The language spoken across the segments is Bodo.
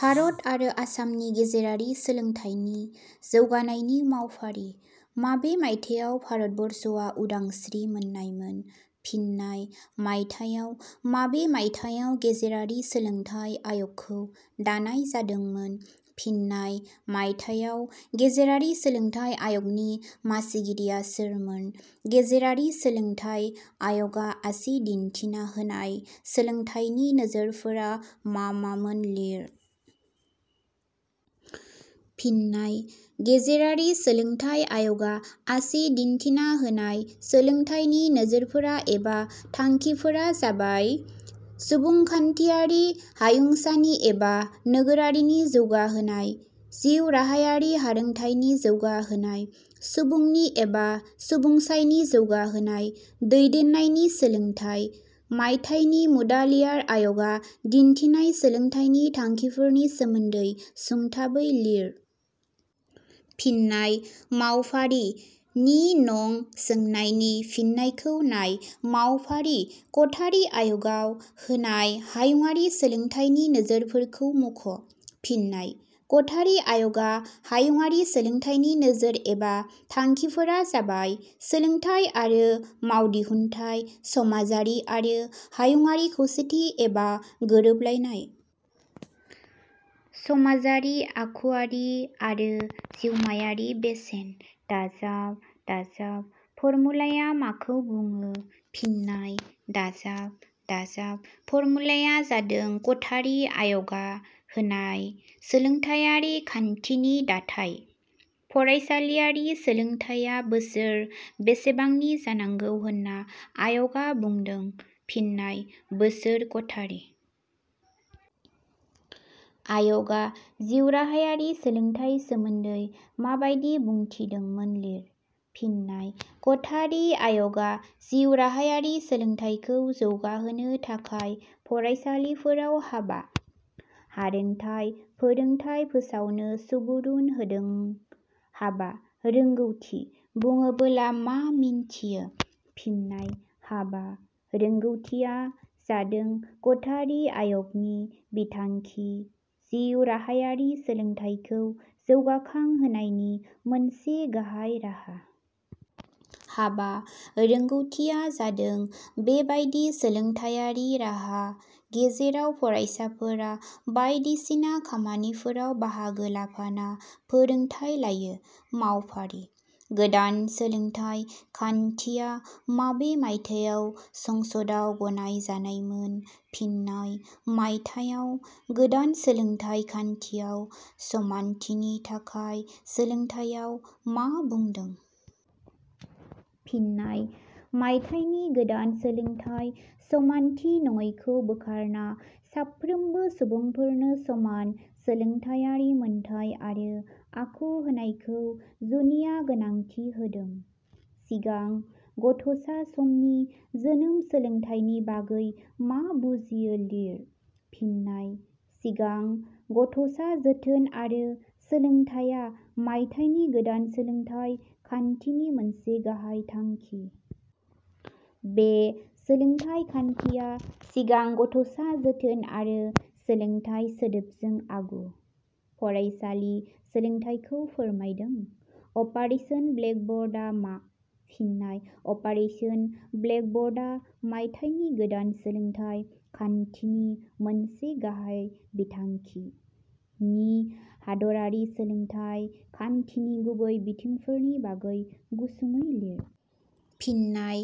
भारत आरो आसामनि गेजेरारि सोलोंथाइनि जौगानायनि मावफारि: माबे मायथायाव भारतबर्षआ उदांस्रि मोननायमोन? फिन्नाय: मायथाइयाव माबे मायथाइयाव गेजेरारि सोलोंथाइ आयगखौ दानाय जादोंमोन? फिन्नाय: मायथाइयाव गेजेरारि सोलोंथाइ आय'गनि मासिगिरिया सोरमोन? गेजेरारि सोलोंथाइ आय 'गा आसि दिन्थिना होनाय सोलोंथाइनि नोजोरफोरा मा मा मोन लिर। फिन्नाय:गेजेरारि सोलोंथाइ आय 'गा आसि दिन्थिना होनाय सोलोंथाइनि नोजोरफोरा एबा थांखिफोरा जाबाय: सुबुंखान्थियारि हायुंसानि एबा नोगोरारिनि जौगा होनाय। जिउ राहायारि हारोंथाइनि जौगाहोनाय। सुबुंनि एबा सुबुंसायनि जौगाहोनाय। दैदेननायनि सोलोंथाइ। - मायथाइनि मुडालियार आय 'गा दिन्थिनाय सोलोंथाइनि थांखिफोरनि सोमोन्दै सुंथाबै लिर। फिन्नाय: मावफारि – नि नं सोंनायनि फिननायखौ नाय। मावफारि-क'थारि आय 'गाव होनाय हायुंङारि सोलोंथाइनि नोजोरफोरखौ मख'। फिन्नाय: क'थारि आयगा हायुंङारि सोलोंथाइनि नोजोर एबा थांखिफोरा जाबाय: सोलोंथाइ आरो मावदिहुनथाइ। समाजारि आरो हायुंङारि खौसेथि एबा गोरोबलायनाय। समाजारि, आखुआरि आरो जिउमायारि बेसेन। ++ फरमुलाया माखौ बुङो? फिन्नाय: ++ फरमुलाया जादों कथारि आय 'गा होनाय सोलोंथाइयारि खान्थिनि दाथाय। फरायसालियारि सोलोंथाइया बोसोर बेसेबांनि जानांगौ होनना आय 'गा बुंदों? फिन्नाय: बोसोर -कथारि आय 'गा जिउराहायारि सोलोंथाइ सोमोन्दै माबादि बुंथिदोंमोन लिर। फिन्नाय: कथारि आय 'गा जिउ राहायारि सोलोंथाइखौ जौगाहोनो थाखाय फरायसालिफोराव हाबा – हारोंथाइ फोरोंथाइ फोसावनो सुबुरुन होदों।.'हाबा – रोंगौथि ' बुङोबोला मा मिथियो? फिन्नाय: 'हाबा – रोंगौथिया ' जादों कथारि आय 'गनि बिथांखि, जिउ राहायारि सोलोंथाइखौ जौगाखां होनायनि मोनसे गाहाइ राहा। हाबा रोंगौथिया जादों बे बादि सोलोंथाइयारि राहा गेजेराव फरायसाफोरा बायदिसिना खामानिफोराव बाहागो लाफाना फोरोंथाइ लायो। मावफारि -गोदान सोलोंथाइ खान्थिया माबे मायथाइयाव संसदाव गनाय जानायमोन। फिन्नाय: मायथाइयाव। गोदान सोलोंथाइ खान्थियाव 'समानथिनि थाखाय सोलोंथाइयाव ' मा बुंदों? फिन्नाय: मायथाइनि गोदान सोलोंथाइ समानथि नङैखौ बोखारना साफ्रोमबो सुबुंफोरनो समान सोलोंथाइयारि मोनथाइ आरो आखु होनायखौ जुनिया गोनांथि होदों। सिगां गथ 'सा समनि जोनोम सोलोंथाइनि बागै मा बुजियो लिर। फिन्नाय: सिगां गथ 'सा जोथोन आरो सोलोंथाइया मायथाइनि गोदान सोलोंथाइ खान्थिनि मोनसे गाहाइ थांखि। बे सोलोंथाइ खान्थिया सिगां गथ'सा जोथोन आरो सोलोंथाइ सोदोबजों आगु – फरायसालि सोलोंथाइखौ फोरमायदों। 'आपारेसन ब्लेक बर्ड' आ मा? फिन्नाय: 'आपारेसन ब्लेक बर्ड' आ -मायथाइनि गोदान सोलोंथाइ खान्थिनि मोनसे गाहाइ बिथांखि। - नि हादरारि सोलोंथाइ खान्थिनि गुबै बिथिंफोरनि बागै गुसुङैलिर। फिन्नाय: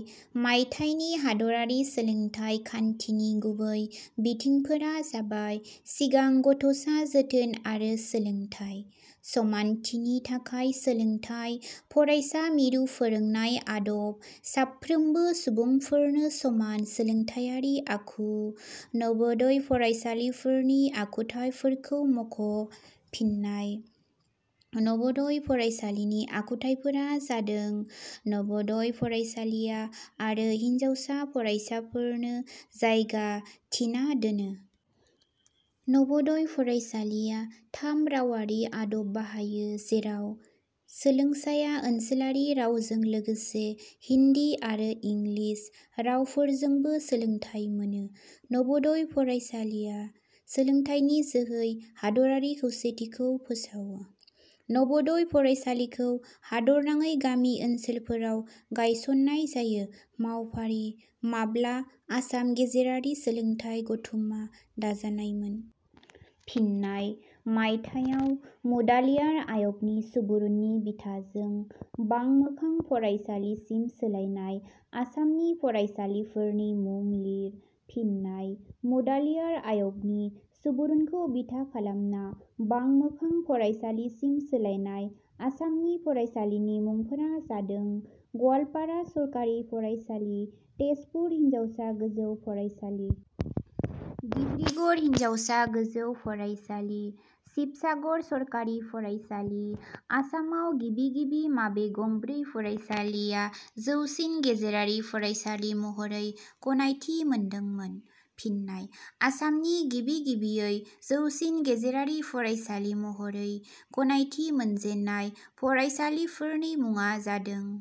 मायथाइनि हादरारि सोलोंथाइ खान्थिनि गुबै बिथिंफोरा जाबाय – सिगां गथ 'सा जोथोन आरो सोलोंथाइ। समानथिनि थाखाय सोलोंथाइ। फरायसा मिरु फोरोंनाय आदब। साफ्रोमबो सुबुंफोरनो समान सोलोंथाइयारि आखु। नवोदय फरायसालिफोरनि आखुथाइ फोरखौ मुख'। फिन्नाय: नवोदय फरायसालिनि आखुथाइफोरा जादों: नवोदय फरायसालिया आरो हिनजावसा फरासाफोरनो जायगा थिना दोनो। नवोदय फरायसालिया थाम रावआरि आदब बाहायो जेराव सोलोंसाया ओनसोलारि रावजों लोगोसे हिन्दि आरो इंग्लिस रावफोरजोंबो सोलोंथाइ मोनो। नवोदय फरायसालिया सोलोंथाइनि जोहै हादरारि खौसेथिखौ फोसावयो। नवोदय फरायसालिखौ हादरनाङै गामि ओनसोलफोराव गायसननाय जायो। मावफारि- माब्ला आसाम गेजेरारि सोलोंथाइ गथुमा दाजानायमोन? फिन्नाय: -मायथाइयाव मुडालियार आय 'गनि सुबुरुननि बिथाजों बां-मोखां फरायसालिसिम सोलायनाय आसामनि फरायसासालिफोरनि मुं लिर। फिन्नाय: मुडालियार आय 'गनि सुबुरुनखौ बिथा खालामना बां-मोखां फरायसालिसिम सोलायनाय आसामनि फरायसासालिनि मुंफोरा जादों - गवालपारा सरकारि फरायसालि ,तेजपुर हिनजावसा गोजौ फरायसालि। डिब्रुगरड़़ हिनजावसा गोजौ फरायसालि। सिबसागर सरकारि फरायसालि। आसामाव गिबि गिबि माबे गंब्रै फरायसालिया जौसिन गेजेरारि फरायसालि महरै गनायथि मोनदोंमोन? फिन्नाय: आसामनि गिबि गिबियै जौसिन गेजेरारि फरायसालि महरै गनायथि मोनजेननाय फरायसालिफोरनि मुङा जादों -